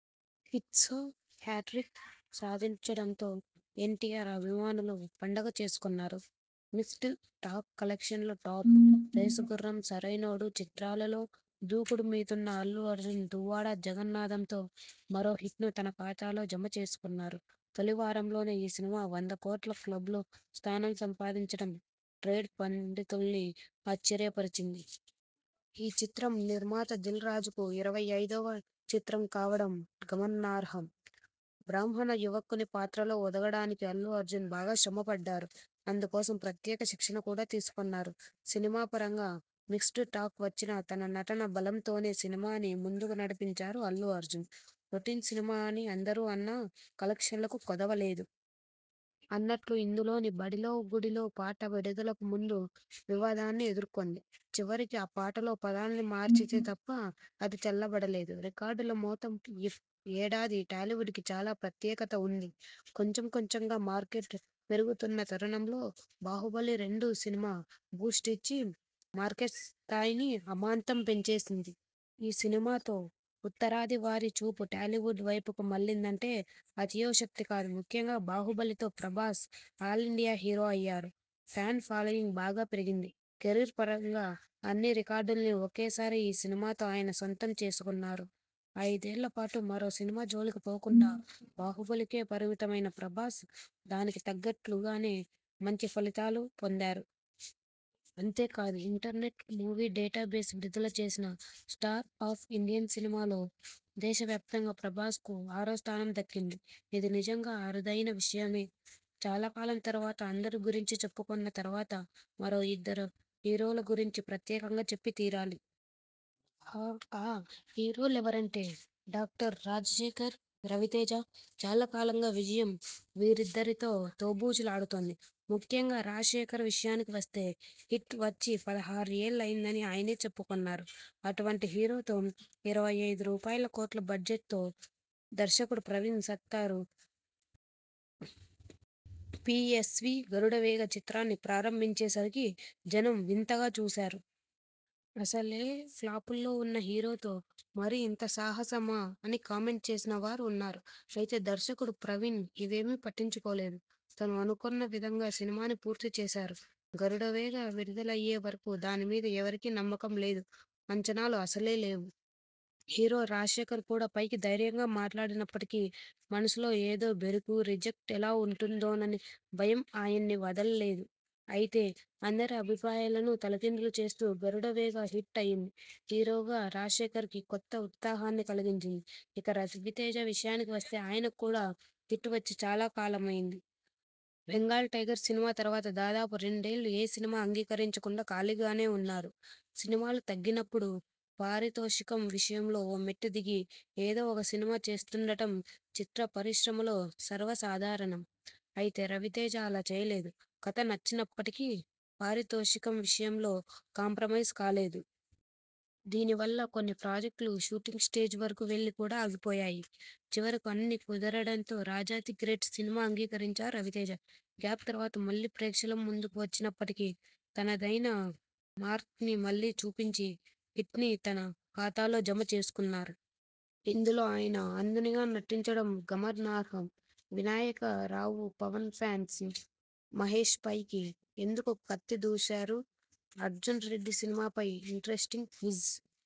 హిట్స్తో hattrick సాదించడంతో ఎన్టీఆర్ అభిమానులు పండగ చేసుకొన్నారు. మిక్స్డ్ టాక్ కలెక్షన్ లు టాప్! 'రేసుగుర్రం', 'సరైనోడు' చిత్రాలలో దూకుడు మీదున్న అల్లు అర్జున్ 'దువ్వాడ జగన్నాథమ్'తో మరో హిట్ను తన ఖాతాలో జమ చేసుకొన్నారు. తొలి వారంలోనే ఈ సినిమా వంద కోట్ల క్లబ్లో స్థానం సంపాదించడం ట్రేడ్ పండితుల్ని ఆశ్చర్యపరిచింది. ఈ చిత్రం నిర్మాత దిల్ రాజుకు ఇరవై ఐదువ చిత్రం కావడం గమనార్హం. బ్రాహ్మణ యువకుని పాత్రలో ఒదగడానికి అల్లు అర్జున్ బాగా శ్రమ పడ్డారు. అందుకోసం ప్రత్యేక శిక్షణ కూడా తీసుకొన్నారు. సినిమా పరంగా మిక్స్డ్ టాక్ వచ్చినా, తన నటనా బలంతోనే సినిమాని ముందుకు నడిపించారు అల్లు అర్జున్, రొటీన్ సినిమా అని అందరూ అన్నా కలెక్షన్లకు కొదవలేదు. అన్నట్లు ఇందులోని 'బడిలో గుడిలో ' పాట విడుదలకు ముందు వివాదాన్ని ఎదుర్కొంది. చివరికి ఆ పాటలో పదాల్ని మార్చితే తప్ప అది చల్లబడలేదు. రికార్డుల మోత ఈ ఏడాది టాలీవుడ్ కి చాలా ప్రత్యేకత ఉంది. కొంచెం కొంచెంగా మార్కెట్ పెరుగుతున్న తరుణంలో 'బాహుబలి రెండు' సినిమా బూస్ట్ ఇచ్చి మార్కెట్ స్థాయిని అమాంతం పెంచేసింది. ఈ సినిమా తో ఉత్తరాది వారి చూపు టాలీవుడ్ వైపుకి మళ్లిందంటే అతిశయోక్తి కాదు. ముఖ్యంగా 'బాహుబలి' తో ప్రభాస్ ఆలిండియా హీరో అయ్యారు. ఫ్యాన్ ఫాలోయింగ్ బాగా పెరిగింది. కెరీర్ పరంగా అన్ని రికార్డుల్నీ ఒకేసారి ఈ సినిమాతో ఆయన సొంతం చేసుకొన్నారు. ఐదేళ్ల పాటు మరో సినిమా జోలికి పోకుండా 'బాహుబలి' కే పరిమితమైన ప్రభాస్ దానికి తగ్గట్లు గానే మంచి ఫలితాలు పొందారు. అంతే కాదు ఇంటర్నెట్ మూవీ డేటా బేస్ విడుదల చేసిన 'స్టార్ ఆఫ్ ఇండియన్ సినిమా ' లో దేశవ్యాప్తంగా ప్రభాస్ కు ఆరో స్థానం దక్కింది. ఇది నిజంగా అరుదైన విషయమే. చాలా కాలం తరువాత అందరి గురించి చెప్పుకొన్న తర్వాత మరో ఇద్దరు హీరోల గురించి ప్రత్యేకంగా చెప్పి తీరాలి. ఆ హీరోలెవరంటే డాక్టర్ రాజశేఖర్, రవితేజ చాలా కాలంగా విజయం వీరిద్దరితో దోబూచులాడుతోంది. ముఖ్యంగా రాజశేఖర్ విషయానికి వస్తే హిట్ వచ్చి పదహారు ఏళ్లు అయిందని ఆయనే చెప్పుకొన్నారు. అటువంటి హీరోతో ఇరవై ఐదు రూపాయల కోట్ల బడ్జెట్తో దర్శకుడు ప్రవీణ్ సత్తారు 'పీయస్వీ గరుడవేగ' చిత్రాన్ని ప్రారంభించేసరికి జనం వింతగా చూశారు. అసలే ప్లాపుల్లో ఉన్న హీరోతో మరీ ఇంత సాహసమా అని కామెంట్ చేసిన వారూ ఉన్నారు. అయితే దర్శకుడు ప్రవీణ్ ఇవేమీ పట్టించుకోలేదు. తను అనుకొన్న విధంగా సినిమాని పూర్తి చేశారు. 'గరుడవేగ' విడుదలయ్యేవరకూ దాని మీద ఎవరికీ నమ్మకం లేదు. అంచనాలు అసలే లేవు. హీరో రాజశేఖర్ కూడా పైకి ధైర్యంగా మాట్లాడినప్పటికీ మనసులో ఏదో బెరుకు, రిజెక్ట్ ఎలా ఉంటుందోననే భయం ఆయన్ని వదల్లేదు. అయితే అందరి అభిప్రాయాలనూ తలకిందులు చేస్తూ 'గరుడవేగ' హిట్ అయింది. హీరోగా రాజశేఖర్కి కొత్త ఉత్సాహాన్ని కలిగించింది. ఇక రవితేజ విషయానికి వస్తే ఆయనకు కూడా హిట్ వచ్చి చాలా కాలమైంది. 'బెంగాల్ టైగర్' సినిమా తర్వాత దాదాపు రెండేళ్లు ఏ సినిమా అంగీకరించకుండా ఖాళీగానే ఉన్నారు. సినిమాలు తగ్గినప్పుడు పారితోషికం విషయంలో ఓ మెట్టు దిగి, ఏదో ఒక సినిమా చేస్తుండటం చిత్ర పరిశ్రమలో సర్వసాధారణం. అయితే రవితేజ అలా చేయలేదు. కథ నచ్చినప్పటికీ పారితోషికం విషయంలో కాంప్రమైజ్ కాలేదు. దీని వల్ల కొన్ని ప్రాజెక్టులు షూటింగ్ స్టేజ్ వరకూ వెళ్లి కూడా ఆగిపోయాయి. చివరికి అన్నీ కుదరడంతో 'రాజా ది గ్రేట్' సినిమా అంగీకరించారు రవితేజ. గ్యాప్ తర్వాత మళ్లీ ప్రేక్షకుల ముందుకు వచ్చినప్పటికీ తనదైన మార్క్ని మళ్లీ చూపించి, హిట్ని తన ఖాతాలో జమ చేసుకొన్నారు. ఇందులో ఆయన అంధునిగా నటించడం గమనార్హం. వినాయక రావు పవన్ ఫ్యాన్స్ మహేశ్పైకి ఎందుకు 'కత్తి' దూశారు? అర్జున్రెడ్డి సినిమాపై ఇంట్రెస్టింగ్ క్విజ్